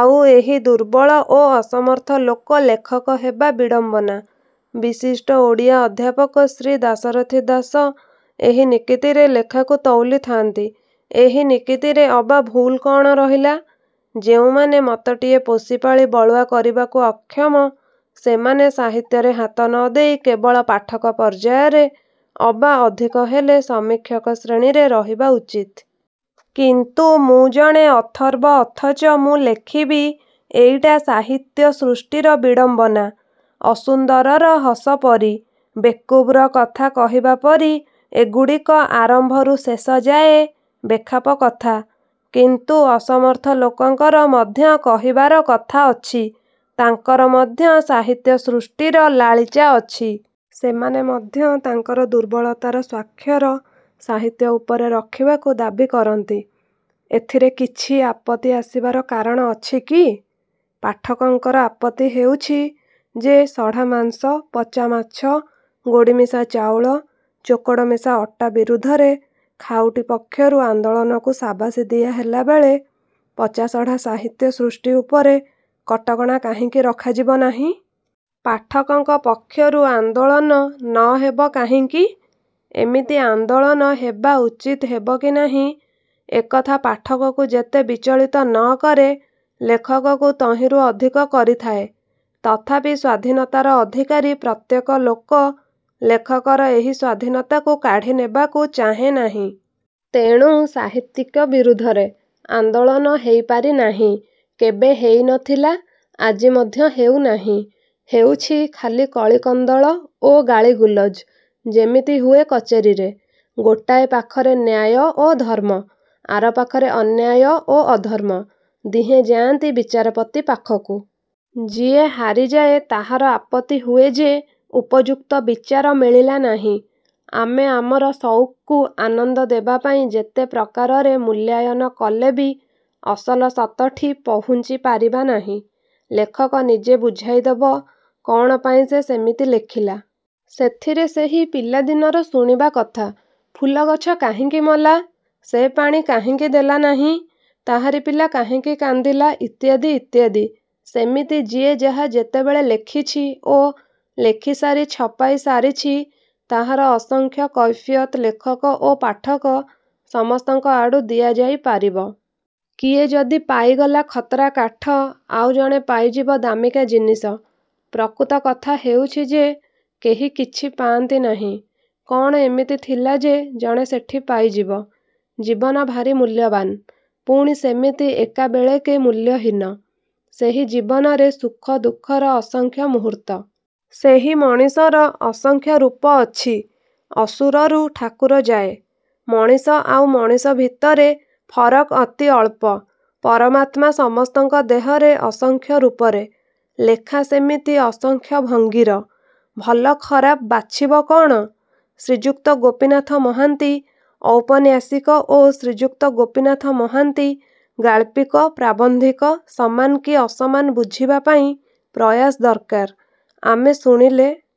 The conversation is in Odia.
ଆଉ ଏହି ଦୁର୍ବଳ ଓ ଅସମର୍ଥ ଲୋକ ଲେଖକ ହେବା ବିଡ଼ମ୍ୱନା। ବିଶିଷ୍ଟ ଓଡ଼ିଆ ଅଧ୍ୟାପକ ଶ୍ରୀ ଦାଶରଥି ଦାସ ଏହି ନିକିତିରେ ଲେଖାକୁ ତଉଲିଥାନ୍ତି। ଏହି ନିକିତିରେ ଅବା ଭୁଲ କ'ଣ ରହିଲା? ଯେଉଁମାନେ ମତଟିଏ ପୋଷିପାଳି ବଳୁଆ କରିବାକୁ ଅକ୍ଷମ ସେମାନେ ସାହିତ୍ୟରେ ହାତ ନ ଦେଇ କେବଳ ପାଠକ ପର୍ଯ୍ୟାୟରେ ଅବା ଅଧିକ ହେଲେ, ସମୀକ୍ଷକ ଶ୍ରେଣୀରେ ରହିବା ଉଚିତ୍। କିନ୍ତୁ ମୁଁ ଜଣେ ଅଥର୍ବ ଅଥଚ ମୁଁ ଲେଖିବି-ଏଇଟା ସାହିତ୍ୟ ସୃଷ୍ଟିର ବିଡ଼ମ୍ୱନା। ଅସୁନ୍ଦରର ହସ ପରି। ବେକୁବ୍ର କଥା କହିବା ପରି-ଏଗୁଡ଼ିକ ଆରମ୍ଭରୁ ଶେଷଯାଏ ବେଖାପ କଥା। କିନ୍ତୁ ଅସମର୍ଥ ଲୋକଙ୍କର ମଧ୍ୟ କହିବାର କଥା ଅଛି। ତାଙ୍କର ମଧ୍ୟ ସାହିତ୍ୟ ସୃଷ୍ଟିର ଲାଳିଚା ଅଛି। ସେମାନେ ମଧ୍ୟ ତାଙ୍କର ଦୁର୍ବଳତାର ସ୍ୱାକ୍ଷର ସାହିତ୍ୟ ଉପରେ ରଖିବାକୁ ଦାବୀ କରନ୍ତି। ଏଥିରେ କିଛି ଆପତ୍ତି ଆସିବାର କାରଣ ଅଛି କି? ପାଠକଙ୍କର ଆପତ୍ତି ହେଉଛି ଯେ ସଢ଼ା ମାଂସ, ପଚା ମାଛ, ଗୋଡ଼ିମିଶା ଚାଉଳ, ଚୋକଡ଼ ମିଶା ଅଟା ବିରୁଦ୍ଧରେ ଖାଉଟି ପକ୍ଷରୁ ଆନ୍ଦୋଳନକୁ ସାବାସି ଦିଆ ହେଲାବେଳେ ପଚାସଢ଼ା ସାହିତ୍ୟ ସୃଷ୍ଟି ଉପରେ କଟକଣା କାହିଁକି ରଖାଯିବ ନାହିଁ? ପାଠକଙ୍କ ପକ୍ଷରୁ ଆନ୍ଦୋଳନ ନ ହେବ କାହିଁକି? ଏମିତି ଆନ୍ଦୋଳନ ହେବା ଉଚିତ୍ ହେବ କି ନାହିଁ-ଏକଥା ପାଠକକୁ ଯେତେ ବିଚଳିତ ନ କରେ ଲେଖକକୁ ତହିଁରୁ ଅଧିକ କରିଥାଏ। ତଥାପି ସ୍ୱାଧୀନତାର ଅଧିକାରି ପ୍ରତ୍ୟେକ ଲୋକ ଲେଖକର ଏହି ସ୍ୱାଧୀନତାକୁ କାଢ଼ି ନେବାକୁ ଚାହେଁ ନାହିଁ। ତେଣୁ ସାହିତ୍ୟିକ ବିରୁଦ୍ଧରେ। ଆନ୍ଦୋଳନ ହେଇପାରି ନାହିଁ। କେବେ ହେଇ ନ ଥିଲା-ଆଜି ମଧ୍ୟ ହେଉ ନାହିଁ। ହେଉଛି ଖାଲି କଳିକନ୍ଦଳ ଓ ଗାଳିଗୁଲଜ-ଯେମିତି ହୁଏ କଚେରୀରେ। ଗୋଟାଏ ପାଖରେ ନ୍ୟାୟ ଓ ଧର୍ମ। ଆର ପାଖରେ ଅନ୍ୟାୟ ଓ ଅଧର୍ମ। ଦିହେଁ ଯାଆନ୍ତି ବିଚାରପତି ପାଖକୁ-। ଯିଏ ହାରିଯାଏ ତାହାର ଆପତ୍ତି ହୁଏ ଯେ ଉପଯୁକ୍ତ ବିଚାର ମିଳିଲା ନାହିଁ। ଆମେ ଆମର ସଉକକୁ ଆନନ୍ଦ ଦେବା ପାଇଁ ଯେତେ ପ୍ରକାରରେ ମୂଲ୍ୟାୟନ କଲେ ବି ଅସଲ ସତଠି ପହୁଞ୍ଚି ପାରିବା ନାହିଁ। ଲେଖକ ନିଜେ ବୁଝାଇଦବ କ'ଣ ପାଇଁ ସେ ସେମିତି ଲେଖିଲା। ସେଥିରେ ସେହି ପିଲା ଦିନର ଶୁଣିବା କଥା- ଫୁଲ ଗଛ କାହିଁକି ମଲା? ସେ ପାଣି କାହିଁକି ଦେଲା ନାହିଁ? ତାହାରି ପିଲା କାହିଁକି କାନ୍ଦିଲା ଇତ୍ୟାଦି ଇତ୍ୟାଦି। ସେମିତି ଯିଏ ଯାହା ଯେତେବେଳେ ଲେଖିଛି ଓ ଲେଖିସାରି ଛପାଇ ସାରିଛି ତାହାର ଅସଂଖ୍ୟ କୈଫିୟତ ଲେଖକ ଓ ପାଠକ ସମସ୍ତଙ୍କ ଆଡ଼ୁ ଦିଆଯାଇ ପାରିବ। କିଏ ଯଦି ପାଇଗଲା ଖତରା କାଠ ଆଉ ଜଣେ ପାଇଯିବ ଦାମିକା ଜିନିସ। ପ୍ରକୃତ କଥା ହେଉଛି ଯେ କେହି କିଛି ପାଆନ୍ତି ନାହିଁ। କ'ଣ ଏମିତି ଥିଲା ଯେ ଜଣେ ସେଠି ପାଇଯିବ। ଜୀବନ ଭାରି ମୂଲ୍ୟବାନ୍-ପୁଣି ସେମିତି ଏକାବେଳେକେ ମୂଲ୍ୟହୀନ। ସେହି ଜୀବନରେ ସୁଖ ଦୁଃଖର ଅସଂଖ୍ୟ ମୂହୂର୍ତ୍ତ। ସେହି ମଣିଷର ଅସଂଖ୍ୟ ରୂପ ଅଛି-ଅସୁରରୁ ଠାକୁର ଯାଏ। ମଣିଷ ଆଉ ମଣିଷ ଭିତରେ ଫରକ୍ ଅତି ଅଳ୍ପ। ପରମାତ୍ମା ସମସ୍ତଙ୍କ ଦେହରେ ଅସଂଖ୍ୟ ରୂପରେ। ଲେଖା ସେମିତି ଅସଂଖ୍ୟ ଭଙ୍ଗୀର। ଭଲ ଖରାପ ବାଛିବ କ'ଣ? ଶ୍ରୀଯୁକ୍ତ ଗୋପୀନାଥ ମହାନ୍ତି ଔପନ୍ୟାସିକ ଓ ଶ୍ରୀଯୁକ୍ତ ଗୋପୀନାଥ ମହାନ୍ତି ଗାଳ୍ପିକ, ପ୍ରାବନ୍ଧିକ ସମାନ କି ଅସମାନ ବୁଝିବା ପାଇଁ ପ୍ରୟାସ ଦରକାର। ଆମେ ଶୁଣିଲେ